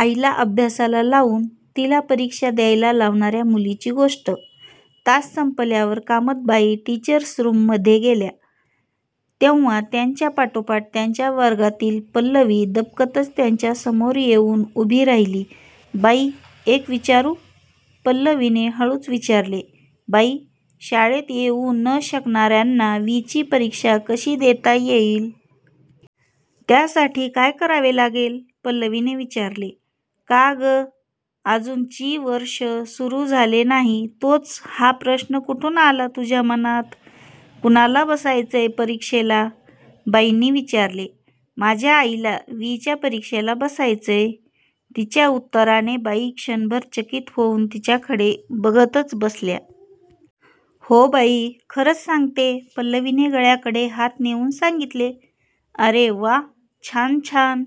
आईला अभ्यासाला लावून तिला परीक्षा द्यायला लावणाऱ्या मुलीची गोष्ट- तास संपल्यावर कामतबाई टीचर्सरूममधे गेल्या तेव्हा त्यांच्या पाठोपाठ त्यांच्या वर्गातील पल्लवी दबकतच त्यांच्यासमोर येऊन उभी राहिली. "बाई एक विचारू? "..... पल्लवीने हळूच विचारले. "बाई शाळेत येऊ न शकणाऱ्याना वीची परीक्षा कशी देता येईल? त्यासाठी काय करावे लागेल? " पल्लवीने विचारले. "का ग... अजून ची वर्ष सुरू झाले नाही तोच हा प्रश्न कुठून आला तुझ्या मनात? कुणाला बसायचेय परीक्षेला? बाईनी विचारले. "माझ्या आईला वीच्या परीक्षेला बसायचंय"... तिच्या उत्तराने बाई क्षणभर चकित होऊन तिच्याकडे बघतच बसल्या. "हो बाई खरंच सांगते. " पल्लवीने गळ्याकडे हात नेऊन सांगितले. "अरे वा छान छान...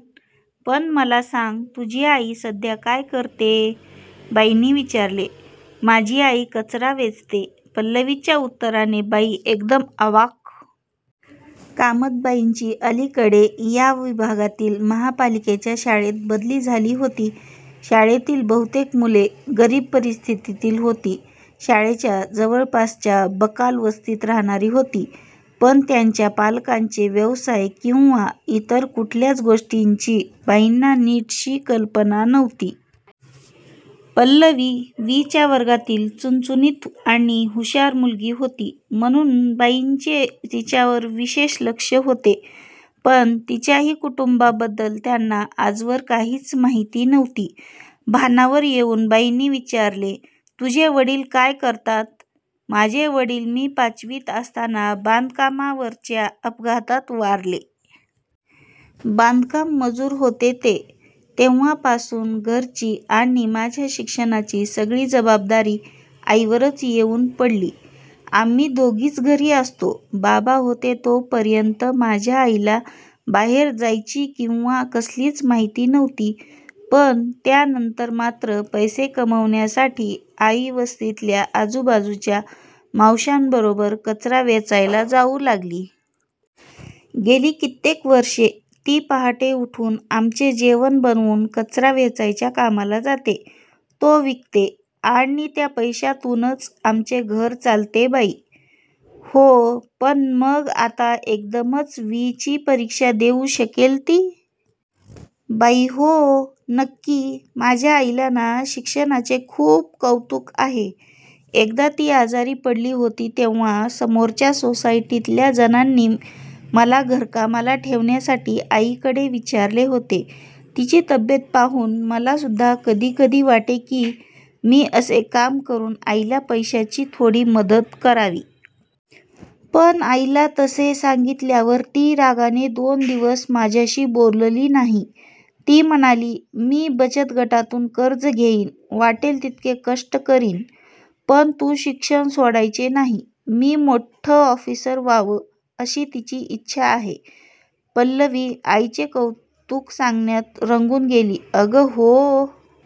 पण मला सांग. तुझी आई सध्या काय करतेय? " बाईंनी विचारले. "माझी आई कचरा वेचते. " पल्लवीच्या उत्तराने बाई एकदम अवाक. कामत बाईंची अलीकडे या विभागातील महापालिकेच्या शाळेत बदली झाली होती. शाळेतील बहुतेक मुले गरीब परिस्थितीतील होती. शाळेच्या जवळपासच्या बकाल वस्तीत राहणारी होती. पण त्यांच्या पालकांचे व्यवसाय किंवा इतर कुठल्याच गोष्टींची बाईंना नीटशी कल्पना नव्हती. पल्लवी वीच्या वर्गातील चुणचुणीत आणि हुशार मुलगी होती, म्हणून बाईंचे तिच्यावर विशेष लक्ष होते, पण तिच्याही कुटुंबाबद्दल त्यांना आजवर काहीच माहिती नव्हती. भानावर येऊन बाईंनी विचारले- "तुझे वडील काय करतात? " "माझे वडील मी पाचवीत असताना बांधकामावरच्या अपघातात वारले. बांधकाम-मजूर होते ते. तेव्हापासून घरची आणि माझ्या शिक्षणाची सगळी जबाबदारी आईवरच येऊन पडली. आम्ही दोघीच घरी असतो. बाबा होते तोपर्यंत माझ्या आईला बाहेर जायची किंवा कसलीच माहिती नव्हती, पण त्यानंतर मात्र पैसे कमावण्यासाठी आई वस्तीतल्या आजूबाजूच्या मावशांबरोबर कचरा वेचायला जाऊ लागली. गेली कित्येक वर्षे ती पहाटे उठून आमचे जेवण बनवून कचरा वेचायच्या कामाला जाते. तो विकते आणि त्या पैशातूनच आमचे घर चालते बाई. " "हो... पण मग आता एकदमच वीची परीक्षा देऊ शकेल ती? " बाई "हो... नक्की. माझ्या आईला ना, शिक्षणाचे खूप कौतुक आहे. एकदा ती आजारी पडली होती तेव्हा समोरच्या सोसायटीतल्या जणांनी मला घरकामाला ठेवण्यासाठी आईकडे विचारले होते. तिची तब्येत पाहून मलासुद्धा कधीकधी वाटे की, मी असे काम करून आईला पैशाची थोडी मदत करावी. पण आईला तसे सांगितल्यावर ती रागाने दोन दिवस माझ्याशी बोलली नाही. ती म्हणाली, मी बचतगटातून कर्ज घेईन. वाटेल तितके कष्ट करीन, पण तू शिक्षण सोडायचे नाही. मी मोठ्ठं ऑफिसर व्हावं, अशी तिची इच्छा आहे. " पल्लवी आईचे कौतुक सांगण्यात रंगून गेली. "अगं हो,